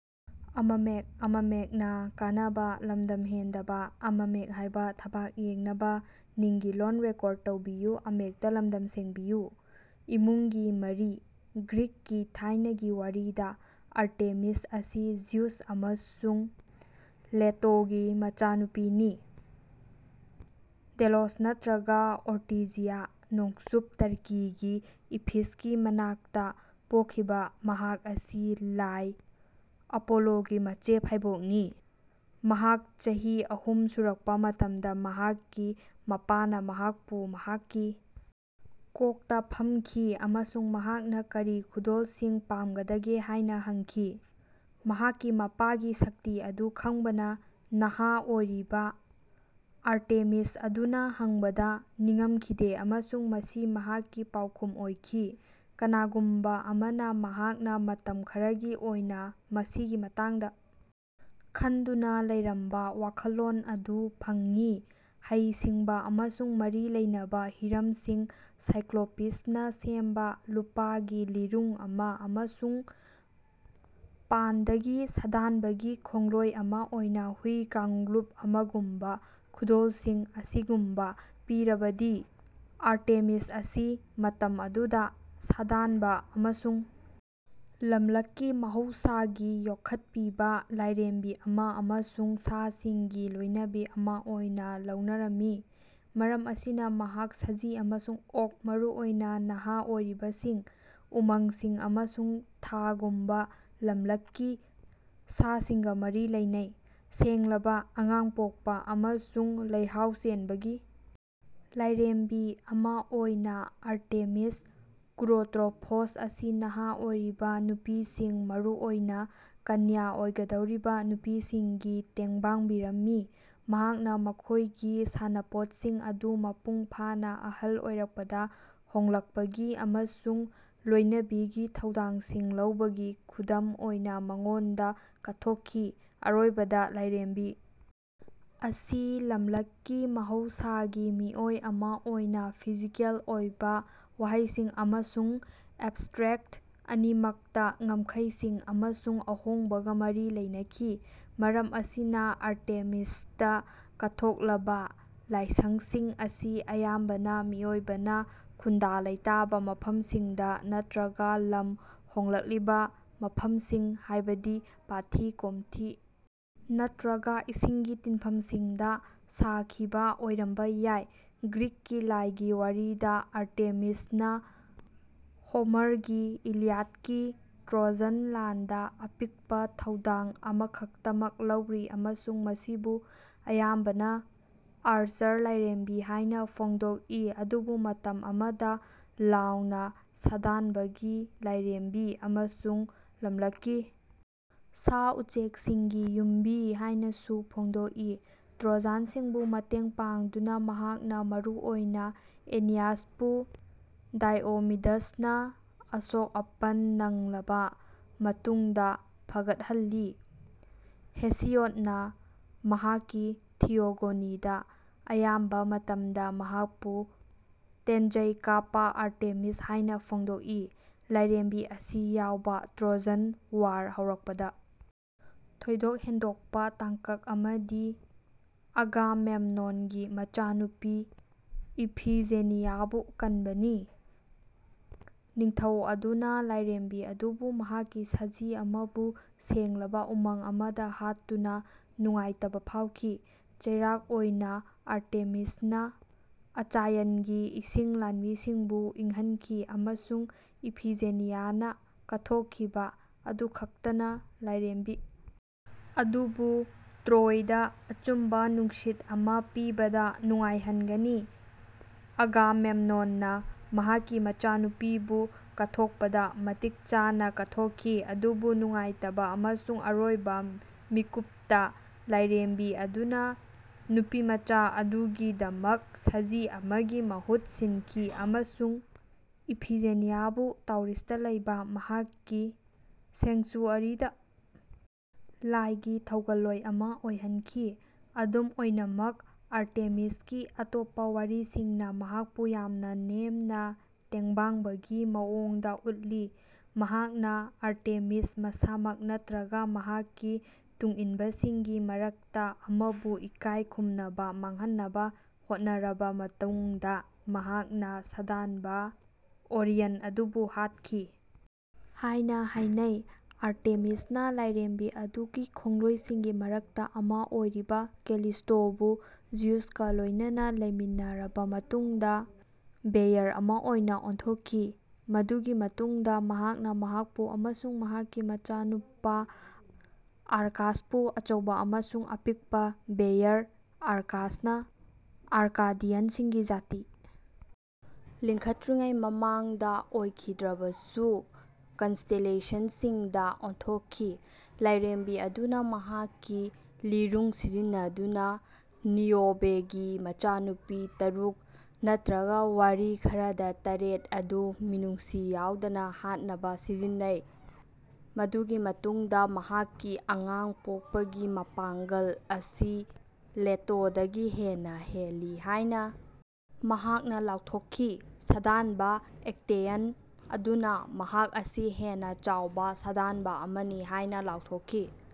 ꯏꯃꯨꯡꯒꯤ ꯃꯔꯤ:ꯒ꯭ꯔꯤꯛꯀꯤ ꯊꯥꯏꯅꯒꯤ ꯋꯥꯔꯤꯗ ꯑꯥꯔꯇꯦꯃꯤꯁ ꯑꯁꯤ ꯖ꯭ꯌꯨꯁ ꯑꯃꯁꯨꯡ ꯂꯦꯇꯣꯒꯤ ꯃꯆꯥꯅꯨꯄꯤꯅꯤ꯫ ꯗꯦꯂꯣꯁ ꯅꯠꯇ꯭ꯔꯒ ꯑꯣꯔꯇꯤꯖꯤꯌꯥ (ꯅꯣꯡꯆꯨꯞ ꯇꯔꯀꯤꯒꯤ ꯏꯐꯤꯁꯀꯤ ꯃꯅꯥꯛꯇ) ꯄꯣꯛꯈꯤꯕ ꯃꯍꯥꯛ ꯑꯁꯤ ꯂꯥꯏ ꯑꯄꯣꯂꯣꯒꯤ ꯃꯆꯦ ꯐꯥꯏꯕꯣꯛꯅꯤ꯫ ꯃꯍꯥꯛ ꯆꯍꯤ ꯑꯍꯨꯝ ꯁꯨꯔꯛꯄ ꯃꯇꯝꯗ ꯃꯍꯥꯛꯀꯤ ꯃꯄꯥꯅ ꯃꯍꯥꯛꯄꯨ ꯃꯍꯥꯛꯀꯤ ꯀꯣꯛꯇ ꯐꯝꯈꯤ ꯑꯃꯁꯨꯡ ꯃꯍꯥꯛꯅ ꯀꯔꯤ ꯈꯨꯗꯣꯜꯁꯤꯡ ꯄꯥꯝꯒꯗꯒꯦ ꯍꯥꯏꯅ ꯍꯪꯈꯤ꯫ ꯃꯍꯥꯛꯀꯤ ꯃꯄꯥꯒꯤ ꯁꯛꯇꯤ ꯑꯗꯨ ꯈꯪꯕꯅ, ꯅꯍꯥ ꯑꯣꯏꯔꯤꯕ ꯑꯥꯔꯇꯦꯃꯤꯁ ꯑꯗꯨꯅ ꯍꯪꯕꯗ ꯅꯤꯡꯉꯝꯈꯤꯗꯦ ꯑꯃꯁꯨꯡ ꯃꯁꯤ ꯃꯍꯥꯛꯀꯤ ꯄꯥꯎꯈꯨꯝ ꯑꯣꯏꯈꯤ (ꯀꯅꯥꯒꯨꯝꯕ ꯑꯃꯅ ꯃꯍꯥꯛꯅ ꯃꯇꯝ ꯈꯔꯒꯤ ꯑꯣꯏꯅ ꯃꯁꯤꯒꯤ ꯃꯇꯥꯡꯗ ꯈꯟꯗꯨꯅ ꯂꯩꯔꯝꯕ ꯋꯥꯈꯜꯂꯣꯟ ꯑꯗꯨ ꯐꯪꯉꯤ ꯍꯩ-ꯁꯤꯡꯕ ꯑꯃꯁꯨꯡ ꯃꯔꯤ ꯂꯩꯅꯕ ꯍꯤꯔꯝꯁꯤꯡ ꯁꯥꯏꯀ꯭ꯂꯣꯄꯤꯁꯅ ꯁꯦꯝꯕ ꯂꯨꯄꯥꯒꯤ ꯂꯤꯔꯨꯡ ꯑꯃ ꯑꯃꯁꯨꯡ ꯄꯥꯟꯗꯒꯤ ꯁꯥꯗꯥꯟꯕꯒꯤ ꯈꯣꯡꯂꯣꯏ ꯑꯃ ꯑꯣꯏꯅ ꯍꯨꯏ ꯀꯥꯡꯂꯨꯞ ꯑꯃꯒꯨꯝꯕ ꯈꯨꯗꯣꯜꯁꯤꯡ ꯑꯁꯤꯒꯨꯝꯕ ꯄꯤꯔꯕꯗꯤ, ꯑꯥꯔꯇꯦꯃꯤꯁ ꯑꯁꯤ, ꯃꯇꯝ ꯑꯗꯨꯗ, ꯁꯥꯗꯥꯟꯕ ꯑꯃꯁꯨꯡ ꯂꯝꯂꯛꯀꯤ ꯃꯍꯧꯁꯥꯒꯤ ꯌꯣꯛꯈꯠꯄꯤꯕ ꯂꯥꯏꯔꯦꯝꯕꯤ ꯑꯃ ꯑꯃꯁꯨꯡ ꯁꯥꯁꯤꯡꯒꯤ ꯂꯣꯏꯅꯕꯤ ꯑꯃ ꯑꯣꯏꯅ ꯂꯧꯅꯔꯝꯃꯤ꯫ ꯃꯔꯝ ꯑꯁꯤꯅ, ꯃꯍꯥꯛ ꯁꯖꯤ ꯑꯃꯁꯨꯡ ꯑꯣꯛ (ꯃꯔꯨꯑꯣꯏꯅ ꯅꯍꯥ ꯑꯣꯏꯔꯤꯕꯁꯤꯡ), ꯎꯃꯪꯁꯤꯡ, ꯑꯃꯁꯨꯡ ꯊꯥꯒꯨꯝꯕ ꯂꯝꯂꯛꯀꯤ ꯁꯥꯁꯤꯡꯒ ꯃꯔꯤ ꯂꯩꯅꯩ꯫ ꯁꯦꯡꯂꯕ, ꯑꯉꯥꯡ ꯄꯣꯛꯄ, ꯑꯃꯁꯨꯡ ꯂꯩꯍꯥꯎ ꯆꯦꯟꯕꯒꯤ ꯂꯥꯏꯔꯦꯝꯕꯤ ꯑꯃ ꯑꯣꯏꯅ, ꯑꯥꯔꯇꯦꯃꯤꯁ ꯀꯨꯔꯣꯇ꯭ꯔꯣꯐꯣꯁ ꯑꯁꯤ ꯅꯍꯥ ꯑꯣꯏꯔꯤꯕ ꯅꯨꯄꯤꯁꯤꯡ, ꯃꯔꯨꯑꯣꯏꯅ ꯀꯅ꯭ꯌ ꯑꯣꯏꯒꯗꯧꯔꯤꯕ ꯅꯨꯄꯤꯁꯤꯡꯒꯤ ꯇꯦꯡꯕꯥꯡꯕꯤꯔꯝꯃꯤ, ꯃꯍꯥꯛꯅ ꯃꯈꯣꯏꯒꯤ ꯁꯥꯟꯅꯄꯣꯠꯁꯤꯡ ꯑꯗꯨ ꯃꯄꯨꯡ ꯐꯥꯅ ꯑꯍꯜ ꯑꯣꯏꯔꯛꯄꯗ ꯍꯣꯡꯂꯛꯄꯒꯤ ꯑꯃꯁꯨꯡ ꯂꯣꯏꯅꯕꯤꯒꯤ ꯊꯧꯗꯥꯡꯁꯤꯡ ꯂꯧꯕꯒꯤ ꯈꯨꯗꯝ ꯑꯣꯏꯅ ꯃꯉꯣꯟꯗ ꯀꯠꯊꯣꯛꯈꯤ꯫ ꯑꯔꯣꯏꯕꯗ, ꯂꯥꯏꯔꯦꯝꯕꯤ ꯑꯁꯤ, ꯂꯝꯂꯛꯀꯤ ꯃꯍꯧꯁꯥꯒꯤ ꯃꯤꯑꯣꯏ ꯑꯃ ꯑꯣꯏꯅ, ꯐꯤꯖꯤꯀꯦꯜ ꯑꯣꯏꯕ ꯋꯥꯍꯩꯁꯤꯡ ꯑꯃꯁꯨꯡ ꯑꯦꯕꯁꯇ꯭ꯔꯦꯛꯠ ꯑꯅꯤꯃꯛꯇ ꯉꯝꯈꯩꯁꯤꯡ ꯑꯃꯁꯨꯡ ꯑꯍꯣꯡꯕꯒ ꯃꯔꯤ ꯂꯩꯅꯈꯤ꯫ ꯃꯔꯝ ꯑꯁꯤꯅ, ꯑꯥꯔꯇꯦꯃꯤꯁꯇ ꯀꯠꯊꯣꯛꯂꯕ ꯂꯥꯏꯁꯪꯁꯤꯡ ꯑꯁꯤ ꯑꯌꯥꯝꯕꯅ ꯃꯤꯑꯣꯏꯕꯅ ꯈꯨꯟꯗꯥ-ꯂꯩꯇꯥꯕ ꯃꯐꯝꯁꯤꯡꯗ ꯅꯠꯇ꯭ꯔꯒ ꯂꯝ ꯍꯣꯡꯂꯛꯂꯤꯕ ꯃꯐꯝꯁꯤꯡ ꯍꯥꯏꯕꯗꯤ ꯄꯥꯠꯊꯤ-ꯀꯣꯝꯊꯤ ꯅꯠꯇ꯭ꯔꯒ ꯏꯁꯤꯡꯒꯤ ꯇꯤꯟꯐꯝꯁꯤꯡꯗ ꯁꯥꯈꯤꯕ ꯑꯣꯏꯔꯝꯕ ꯌꯥꯏ꯫ ꯒ꯭ꯔꯤꯛꯀꯤ ꯂꯥꯏꯒꯤ ꯋꯥꯔꯤꯗ ꯑꯥꯔꯇꯦꯃꯤꯁꯅ ꯍꯣꯃꯔꯒꯤ ꯏꯂꯤꯌꯥꯗꯀꯤ ꯇ꯭ꯔꯣꯖꯟ ꯂꯥꯟꯗ ꯑꯄꯤꯛꯄ ꯊꯧꯗꯥꯡ ꯑꯃꯈꯛꯇꯃꯛ ꯂꯧꯔꯤ ꯑꯃꯁꯨꯡ ꯃꯁꯤꯕꯨ ꯑꯌꯥꯝꯕꯅ 'ꯑꯥꯔꯆꯔ ꯂꯥꯏꯔꯦꯝꯕꯤ' ꯍꯥꯏꯅ ꯐꯣꯡꯗꯣꯛꯏ ꯑꯗꯨꯕꯨ ꯃꯇꯝ ꯑꯃꯗ 'ꯂꯥꯎꯅ ꯁꯥꯗꯥꯟꯕꯒꯤ ꯂꯥꯏꯔꯦꯝꯕꯤ' ꯑꯃꯁꯨꯡ 'ꯂꯝꯂꯛꯀꯤ ꯁꯥ-ꯎꯆꯦꯛꯁꯤꯡꯒꯤ ꯌꯨꯝꯕꯤ' ꯍꯥꯏꯅꯁꯨ ꯐꯣꯡꯗꯣꯛꯏ꯫ ꯇ꯭ꯔꯣꯖꯥꯟꯁꯤꯡꯕꯨ ꯃꯇꯦꯡ ꯄꯥꯡꯗꯨꯅ, ꯃꯍꯥꯛꯅ ꯃꯔꯨꯑꯣꯏꯅ ꯑꯦꯅꯤꯌꯥꯁꯄꯨ ꯗꯥꯏꯑꯣꯃꯤꯗꯁꯅ ꯑꯁꯣꯛ ꯑꯄꯟ ꯅꯪꯂꯕ ꯃꯇꯨꯡꯗ ꯐꯒꯠꯍꯜꯂꯤ꯫ ꯍꯦꯁꯤꯌꯣꯗꯅ ꯃꯍꯥꯛꯀꯤ ꯊꯤꯌꯣꯒꯣꯅꯤꯗ ꯑꯌꯥꯝꯕ ꯃꯇꯝꯗ ꯃꯍꯥꯛꯄꯨ 'ꯇꯦꯟꯖꯩ ꯀꯥꯞꯄ ꯑꯥꯔꯇꯦꯃꯤꯁ' ꯍꯥꯏꯅ ꯐꯣꯡꯗꯣꯛꯏ꯫ ꯂꯥꯏꯔꯦꯝꯕꯤ ꯑꯁꯤ ꯌꯥꯎꯕ ꯇ꯭ꯔꯣꯖꯟ ꯋꯥꯔ ꯍꯧꯔꯛꯄꯗ ꯊꯣꯏꯗꯣꯛ ꯍꯦꯟꯗꯣꯛꯄ ꯇꯥꯡꯀꯛ ꯑꯃꯗꯤ ꯑꯒꯥꯃꯦꯝꯅꯣꯟꯒꯤ ꯃꯆꯥꯅꯨꯄꯤ ꯏꯐꯤꯖꯦꯅꯤꯌꯥꯕꯨ ꯀꯟꯕꯅꯤ꯫ ꯅꯤꯡꯊꯧ ꯑꯗꯨꯅ ꯂꯥꯏꯔꯦꯝꯕꯤ ꯑꯗꯨꯕꯨ ꯃꯍꯥꯛꯀꯤ ꯁꯖꯤ ꯑꯃꯕꯨ ꯁꯦꯡꯂꯕ ꯎꯃꯪ ꯑꯃꯗ ꯍꯥꯠꯇꯨꯅ ꯅꯨꯡꯉꯥꯏꯇꯕ ꯐꯥꯎꯈꯤ꯫ ꯆꯩꯔꯥꯛ ꯑꯣꯏꯅ ꯑꯥꯔꯇꯦꯃꯤꯁꯅ ꯑꯆꯥꯌꯟꯒꯤ ꯏꯁꯤꯡ ꯂꯥꯟꯃꯤꯁꯤꯡꯕꯨ ꯏꯪꯍꯟꯈꯤ ꯑꯃꯁꯨꯡ ꯏꯐꯤꯖꯦꯅꯤꯌꯥꯅ ꯀꯠꯊꯣꯛꯈꯤꯕ ꯑꯗꯨꯈꯛꯇꯅ ꯂꯥꯏꯔꯦꯝꯕꯤ ꯑꯗꯨꯕꯨ ꯇ꯭ꯔꯣꯏꯗ ꯑꯆꯨꯝꯕ ꯅꯨꯡꯁꯤꯠ ꯑꯃ ꯄꯤꯕꯗ ꯅꯨꯡꯉꯥꯏꯍꯟꯒꯅꯤ꯫ ꯑꯒꯥꯃꯦꯝꯅꯣꯟꯅ ꯃꯍꯥꯛꯀꯤ ꯃꯆꯥꯅꯨꯄꯤꯕꯨ ꯀꯠꯊꯣꯛꯄꯗ ꯃꯇꯤꯛ ꯆꯥꯅ ꯀꯠꯊꯣꯛꯈꯤ, ꯑꯗꯨꯕꯨ ꯅꯨꯡꯉꯥꯏꯇꯕ ꯑꯃꯁꯨꯡ ꯑꯔꯣꯏꯕ ꯃꯤꯀꯨꯞꯇ, ꯂꯥꯏꯔꯦꯝꯕꯤ ꯑꯗꯨꯅ ꯅꯨꯄꯤꯃꯆꯥ ꯑꯗꯨꯒꯤꯗꯃꯛ ꯁꯖꯤ ꯑꯃꯒꯤ ꯃꯍꯨꯠ ꯁꯤꯟꯈꯤ ꯑꯃꯁꯨꯡ ꯏꯐꯤꯖꯦꯅꯤꯌꯥꯕꯨ ꯇꯥꯎꯔꯤꯁꯇ ꯂꯩꯕ ꯃꯍꯥꯛꯀꯤ ꯁꯦꯡꯆꯨꯑꯔꯤꯗ ꯂꯥꯏꯒꯤ ꯊꯧꯒꯜꯂꯣꯏ ꯑꯃ ꯑꯣꯏꯍꯟꯈꯤ꯫ ꯑꯗꯨꯝ ꯑꯣꯏꯅꯃꯛ, ꯑꯥꯔꯇꯦꯃꯤꯁꯀꯤ ꯑꯇꯣꯞꯄ ꯋꯥꯔꯤꯁꯤꯡꯅ ꯃꯍꯥꯛꯄꯨ ꯌꯥꯝꯅ ꯅꯦꯝꯅ ꯇꯦꯡꯕꯥꯡꯕꯒꯤ ꯃꯋꯣꯡꯗ ꯎꯠꯂꯤ꯫ ꯃꯍꯥꯛꯅ ꯑꯥꯔꯇꯦꯃꯤꯁ ꯃꯁꯥꯃꯛ ꯅꯠꯇ꯭ꯔꯒ ꯃꯍꯥꯛꯀꯤ ꯇꯨꯡꯏꯟꯕꯁꯤꯡꯒꯤ ꯃꯔꯛꯇ ꯑꯃꯕꯨ ꯏꯀꯥꯏ ꯈꯨꯝꯅꯕ ꯃꯥꯡꯍꯟꯅꯕ ꯍꯣꯠꯅꯔꯕ ꯃꯇꯨꯡꯗ ꯃꯍꯥꯛꯅ ꯁꯥꯗꯥꯟꯕ ꯑꯣꯔꯤꯌꯟ ꯑꯗꯨꯕꯨ ꯍꯥꯠꯈꯤ ꯍꯥꯏꯅ ꯍꯥꯏꯅꯩ꯫ ꯑꯥꯔꯇꯦꯃꯤꯁꯅ ꯂꯥꯏꯔꯦꯝꯕꯤ ꯑꯗꯨꯒꯤ ꯈꯣꯡꯂꯣꯏꯁꯤꯡꯒꯤ ꯃꯔꯛꯇ ꯑꯃ ꯑꯣꯏꯔꯤꯕ ꯀꯦꯂꯤꯁ꯭ꯇꯣꯕꯨ ꯖ꯭ꯌꯨꯁꯀ ꯂꯣꯏꯅꯅ ꯂꯩꯃꯤꯟꯅꯔꯕ ꯃꯇꯨꯡꯗ ꯕꯦꯌꯔ ꯑꯃ ꯑꯣꯏꯅ ꯑꯣꯟꯊꯣꯛꯈꯤ, ꯃꯗꯨꯒꯤ ꯃꯇꯨꯡꯗ ꯃꯍꯥꯛꯅ ꯃꯍꯥꯛꯄꯨ ꯑꯃꯁꯨꯡ ꯃꯍꯥꯛꯀꯤ ꯃꯆꯥꯅꯨꯄꯥ ꯑꯥꯔꯀꯥꯁꯄꯨ ꯑꯆꯧꯕ ꯑꯃꯁꯨꯡ ꯑꯄꯤꯛꯄ ꯕꯦꯌꯔ (ꯑꯥꯔꯀꯥꯁꯅ ꯑꯥꯔꯀꯥꯗꯤꯌꯟꯁꯤꯡꯒꯤ ꯖꯥꯇꯤ ꯂꯤꯡꯈꯠꯇ꯭ꯔꯤꯉꯩ ꯃꯃꯥꯡꯗ ꯑꯣꯏꯈꯤꯗ꯭ꯔꯕꯁꯨ) ꯀꯟꯁꯇꯦꯂꯦꯁꯟꯁꯤꯡꯗ ꯑꯣꯟꯊꯣꯛꯈꯤ꯫ ꯂꯥꯏꯔꯦꯝꯕꯤ ꯑꯗꯨꯅ ꯃꯍꯥꯛꯀꯤ ꯂꯤꯔꯨꯡ ꯁꯤꯖꯤꯟꯅꯗꯨꯅ ꯅꯤꯑꯣꯕꯦꯒꯤ ꯃꯆꯥꯅꯨꯄꯤ ꯇꯔꯨꯛ (ꯅꯠꯇ꯭ꯔꯒ ꯋꯥꯔꯤ ꯈꯔꯗ ꯇꯔꯦꯠ) ꯑꯗꯨ ꯃꯤꯅꯨꯡꯁꯤ ꯌꯥꯎꯗꯅ ꯍꯥꯠꯅꯕ ꯁꯤꯖꯤꯟꯅꯩ ꯃꯗꯨꯒꯤ ꯃꯇꯨꯡꯗ ꯃꯍꯥꯛꯀꯤ ꯑꯉꯥꯡ ꯄꯣꯛꯄꯒꯤ ꯃꯄꯥꯡꯒꯜ ꯑꯁꯤ ꯂꯦꯇꯣꯗꯒꯤ ꯍꯦꯟꯅ ꯍꯦꯜꯂꯤ ꯍꯥꯏꯅ ꯃꯍꯥꯛꯅ ꯂꯥꯎꯊꯣꯛꯈꯤ꯫ ꯁꯥꯗꯥꯟꯕ ꯑꯦꯛꯇꯦꯌꯟ ꯑꯗꯨꯅ, ꯃꯍꯥꯛ ꯑꯁꯤ ꯍꯦꯟꯅ ꯆꯥꯎꯕ ꯁꯥꯗꯥꯟꯕ ꯑꯃꯅꯤ ꯍꯥꯏꯅ ꯂꯥꯎꯊꯣꯛꯈꯤ꯫